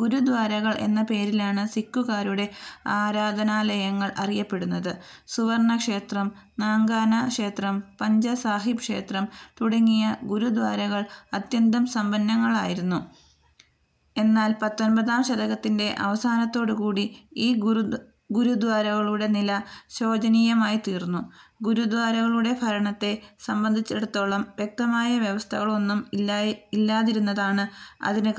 ഗുരുദ്വാരകൾ എന്ന പേരിലാണ് സിക്കുകാരുടെ ആരാധനാലയങ്ങൾ അറിയപ്പെടുന്നത്. സുവർണക്ഷേത്രം, നാങ്കാനാ ക്ഷേത്രം, പഞ്ചാ സാഹിബ് ക്ഷേത്രം തുടങ്ങിയ ഗുരുദ്വാരകൾ അത്യന്തം സമ്പന്നങ്ങളായിരുന്നു. എന്നാൽ പത്തൊൻപതാം ശതകത്തിൻ്റെ അവസാനത്തോടുകൂടി ഈ ഗുരുദ്വാരകളുടെ നില ശോചനീയമായിത്തീർന്നു. ഗുരുദ്വാരകളുടെ ഭരണത്തെ സംബന്ധിച്ചിടത്തോളം വ്യക്തമായ വ്യവസ്ഥകളൊന്നും ഇല്ലാതിരുന്നതാണ് അതിന്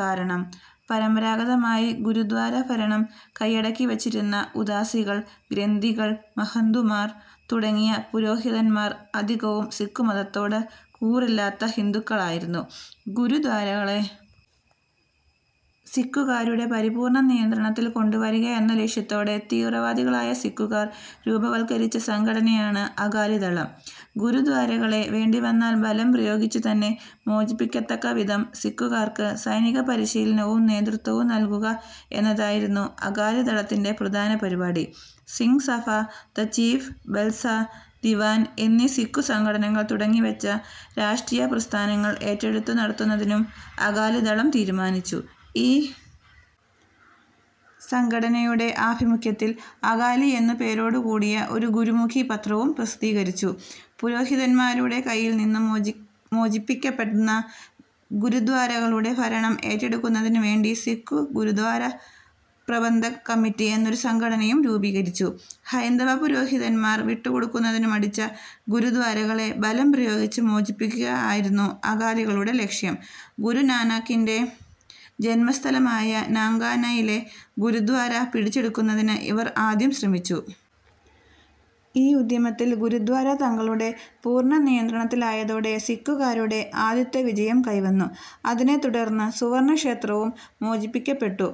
കാരണം. പരമ്പരാഗതമായി ഗുരുദ്വാരാഭരണം കൈയടക്കിവച്ചിരുന്ന ഉദാസികൾ, ഗ്രന്ഥികൾ, മഹന്തുമാർ തുടങ്ങിയ പുരോഹിതന്മാർ അധികവും സിക്കുമതത്തോട് കൂറില്ലാത്ത ഹിന്ദുക്കളായിരുന്നു. ഗുരുദ്വാരകളെ സിക്കുകാരുടെ പരിപൂർണ നിയന്ത്രണത്തിൽ കൊണ്ടുവരിക എന്ന ലക്ഷ്യത്തോടെ തീവ്രവാദികളായ സിക്കുകാർ രൂപവത്കരിച്ച സംഘടനയാണ് അകാലിദളം. ഗുരുദ്വാരകളെ വേണ്ടിവന്നാൽ ബലം പ്രയോഗിച്ചുതന്നെ മോചിപ്പിക്കത്തക്കവിധം സിക്കുകാർക്ക് സൈനികപരിശീലനവും നേതൃത്വവും നൽകുക എന്നതായിരുന്നു അകാലിദളത്തിൻ്റെ പ്രധാന പരിപാടി. സിങ് സഭ, ദ ചീഫ് ഖൽസാ ദിവാൻ എന്നീ സിക്കു സംഘടനകൾ തുടങ്ങിവച്ച രാഷ്ട്രീയ പ്രസ്ഥാനങ്ങൾ ഏറ്റെടുത്തു നടത്തുന്നതിനും അകാലിദളം തീരുമാനിച്ചു.ഈ സംഘടനയുടെ ആഭിമുഖ്യത്തിൽ അകാലി എന്നു പേരോടുകൂടിയ ഒരു ഗുരുമുഖി പത്രവും പ്രസിദ്ധീകരിച്ചു. പുരോഹിതന്മാരുടെ കൈയിൽനിന്നും മോജി മോചിപ്പിക്കപ്പെടുന്ന ഗുരുദ്വാരകളുടെ ഭരണം ഏറ്റെടുക്കുന്നതിനുവേണ്ടി സിക്കു ഗുരുദ്വാര പ്രബന്ധക് കമ്മിറ്റി എന്നൊരു സംഘടനയും രൂപീകരിച്ചു. ഹൈന്ദവപുരോഹിതന്മാർ വിട്ടുകൊടുക്കുന്നതിനു മടിച്ച ഗുരുദ്വാരകളെ ബലംപ്രയോഗിച്ച് മോചിപ്പിക്കുക ആയിരുന്നു അകാലികളുടെ ലക്ഷ്യം. ഗുരുനാനാക്കിൻ്റെ ജന്മസ്ഥലമായ നാങ്കാനയിലെ ഗുരുദ്വാര പിടിച്ചെടുക്കുന്നതിന് ഇവർ ആദ്യം ശ്രമിച്ചു. ഈ ഉദ്യമത്തിൽ ഗുരുദ്വാര തങ്ങളുടെ പൂർണനിയന്ത്രണത്തിലായതോടെ സിക്കുകാരുടെ ആദ്യത്തെ വിജയം കൈവന്നു. അതിനെ തുടർന്ന് സുവർണക്ഷേത്രവും മോചിപ്പിക്കപ്പെട്ടു.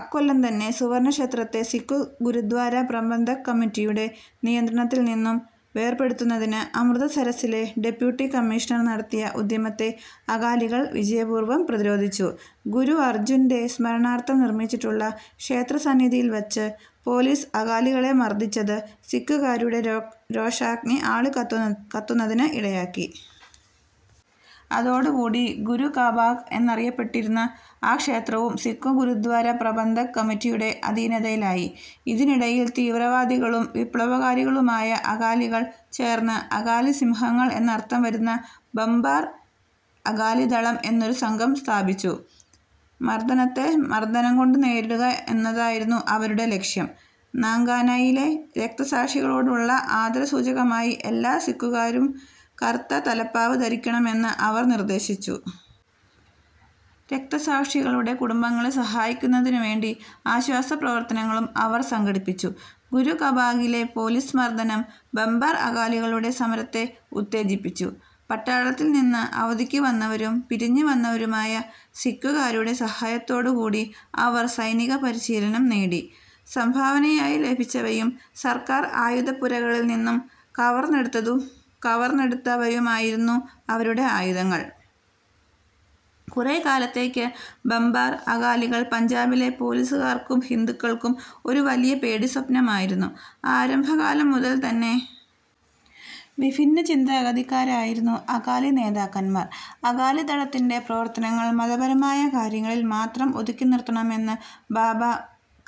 അക്കൊല്ലംതന്നെ സുവർണക്ഷേത്രത്തെ സിക്കു ഗുരുദ്വാര പ്രബന്ധക് കമ്മിറ്റിയുടെ നിയന്ത്രണത്തിൽനിന്നും വേർപെടുത്തുന്നതിന് അമൃതസരസ്സിലെ ഡെപ്യൂട്ടി കമ്മീഷണർ നടത്തിയ ഉദ്യമത്തെ അകാലികൾ വിജയപൂർവം പ്രതിരോധിച്ചു. ഗുരു അർജുൻ്റെ സ്മരണാർഥം നിർമിച്ചിട്ടുള്ള ക്ഷേത്രസന്നിധിയിൽ വച്ച് പൊലീസ് അകാലികളെ മർദിച്ചത് സിക്കുകാരുടെ രോഷാഗ്നി ആളിക്കത്തുന്നതിന് ഇടയാക്കി. അതോടുകൂടി ഗുരുകാബാഗ് എന്നറിയപ്പെട്ടിരുന്ന ആ ക്ഷേത്രവും സിക്കു ഗുരുദ്വാര പ്രബന്ധക് കമ്മിറ്റിയുടെ അധീനതയിലായി. ഇതിനിടയിൽ തീവ്രവാദികളും വിപ്ലവകാരികളുമായ അകാലികൾ ചേർന്ന് അകാലി സിംഹങ്ങൾ എന്നർഥം വരുന്ന ബബ്ബാർ അകാലിദളം എന്നൊരു സംഘം സ്ഥാപിച്ചു. മർദനത്തെ മർദനംകൊണ്ടു നേരിടുക എന്നതായിരുന്നു അവരുടെ ലക്ഷ്യം. നാങ്കാനായിലെ രക്തസാക്ഷികളോടുള്ള ആദരസൂചകമായി എല്ലാ സിക്കുകാരും കറുത്ത തലപ്പാവ് ധരിക്കണമെന്ന് അവർ നിർദ്ദേശിച്ചു. രക്തസാക്ഷികളുടെ കുടുംബങ്ങളെ സഹായിക്കുന്നതിനുവേണ്ടി ആശ്വാസപ്രവർത്തനങ്ങളും അവർ സംഘടിപ്പിച്ചു. ഗുരുകാബാഗിലെ പൊലീസ് മർദനം ബബ്ബാർ അകാലികളുടെ സമരത്തെ ഉത്തേജിപ്പിച്ചു. പട്ടാളത്തിൽ നിന്ന് അവധിക്കു വന്നവരും പിരിഞ്ഞുവന്നവരുമായ സിക്കുകാരുടെ സഹായത്തോടുകൂടി അവർ സൈനിക പരിശീലനം നേടി. സംഭാവനയായി ലഭിച്ചവയും സർക്കാർ ആയുധപ്പുരകളിൽനിന്നു കവർന്നെടുത്തവയുമായിരുന്നു അവരുടെ ആയുധങ്ങൾ. കുറെക്കാലത്തേക്ക് ബബ്ബാർ അകാലികൾ പഞ്ചാബിലെ പൊലീസുകാർക്കും ഹിന്ദുക്കൾക്കും ഒരു വലിയ പേടിസ്വപ്നമായിരുന്നു. ആരംഭകാലംമുതൽതന്നെ വിഭിന്ന ചിന്താഗതിക്കാരായിരുന്നു അകാലി നേതാക്കന്മാർ. അകാലിദളത്തിൻ്റെ പ്രവർത്തനങ്ങൾ മതപരമായ കാര്യങ്ങളിൽ മാത്രം ഒതുക്കിനിർത്തണമെന്ന് ബാബാ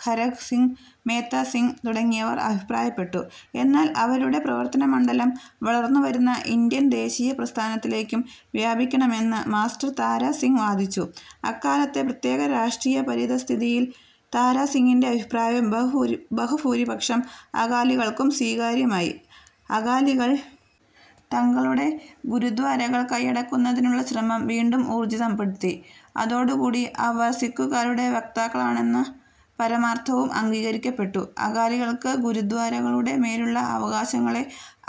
ഖരക് സിങ്, മേത്താ സിങ് തുടങ്ങിയവർ അഭിപ്രായപ്പെട്ടു. എന്നാൽ അവരുടെ പ്രവർത്തനമണ്ഡലം വളർന്നുവരുന്ന ഇന്ത്യൻ ദേശീയ പ്രസ്ഥാനത്തിലേക്കും വ്യാപിപ്പിക്കണമെന്ന് മാസ്റ്റർ താരാ സിങ് വാദിച്ചു. അക്കാലത്തെ പ്രത്യേക രാഷ്ട്രീയ പരിതഃസ്ഥിതിയിൽ താരാ സിങ്ങിൻ്റെ അഭിപ്രായം ബഹുഭൂരിപക്ഷം അകാലികൾക്കും സ്വീകാര്യമായി. അകാലികൾ തങ്ങളുടെ ഗുരുദ്വാരകൾ കൈയടക്കുന്നതിനുള്ള ശ്രമം വീണ്ടും ഊർജിതപ്പെടുത്തി. അതോടുകൂടി അവർ സിക്കുകാരുടെ വക്താക്കളാണെന്ന പരമാർഥവും അംഗീകരിക്കപ്പെട്ടു. അകാലികൾക്ക് ഗുരുദ്വാരകളുടെ മേലുള്ള അവകാശങ്ങളെ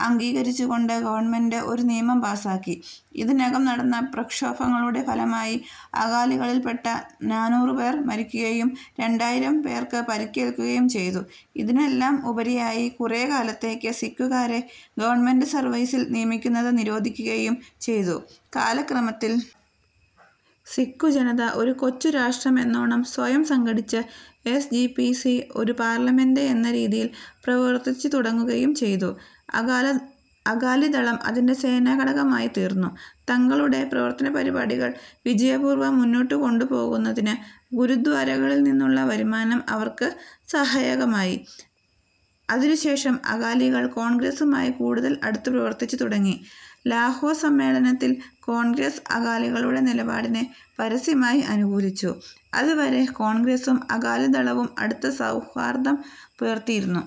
അംഗീകരിച്ചുകൊണ്ട് ഗവൺമെന്റ് ഒരു നിയമം പാസാക്കി. ഇതിനകം നടന്ന പ്രക്ഷോഭങ്ങളുടെ ഫലമായി അകാലികളിൽപ്പെട്ട നാനൂറുപേർ മരിക്കുകയും രണ്ടായിരം പേർക്ക് പരിക്കേൽക്കുകയും ചെയ്തു. ഇതിനെല്ലാം ഉപരിയായി കുറെക്കാലത്തേക്ക് സിക്കുകാരെ ഗവൺമെന്റ് സർവീസിൽ നിയമിക്കുന്നത് നിരോധിക്കുകയും ചെയ്തു. കാലക്രമത്തിൽ സിക്കുജനത ഒരു കൊച്ചു രാഷ്ട്രമെന്നോണം സ്വയം സംഘടിച്ച്, എസ്. ജി. പി. സി. ഒരു പാർലമെന്റ് എന്ന രീതിയിൽ പ്രവർത്തിച്ചുതുടങ്ങുകയും ചെയ്തു. അകാലിദളം അതിൻ്റെ സേനാഘടകമായിത്തീർന്നു. തങ്ങളുടെ പ്രവർത്തനപരിപാടികൾ വിജയപൂർവം മുന്നോട്ടുകൊണ്ടുപോകുന്നതിന് ഗുരുദ്വാരകളിൽനിന്നുള്ള വരുമാനം അവർക്ക് സഹായകമായി. അതിനുശേഷം അകാലികൾ കോൺഗ്രസ്സുമായി കൂടുതൽ അടുത്തുപ്രവർത്തിച്ചു തുടങ്ങി. ലാഹോർ സമ്മേളനത്തിൽ കോൺഗ്രസ് അകാലികളുടെ നിലപാടിനെ പരസ്യമായി അനുകൂലിച്ചു. അതുവരെ കോൺഗ്രസ്സും അകാലിദളവും അടുത്ത സൗഹാർദം പുലർത്തിയിരുന്നു.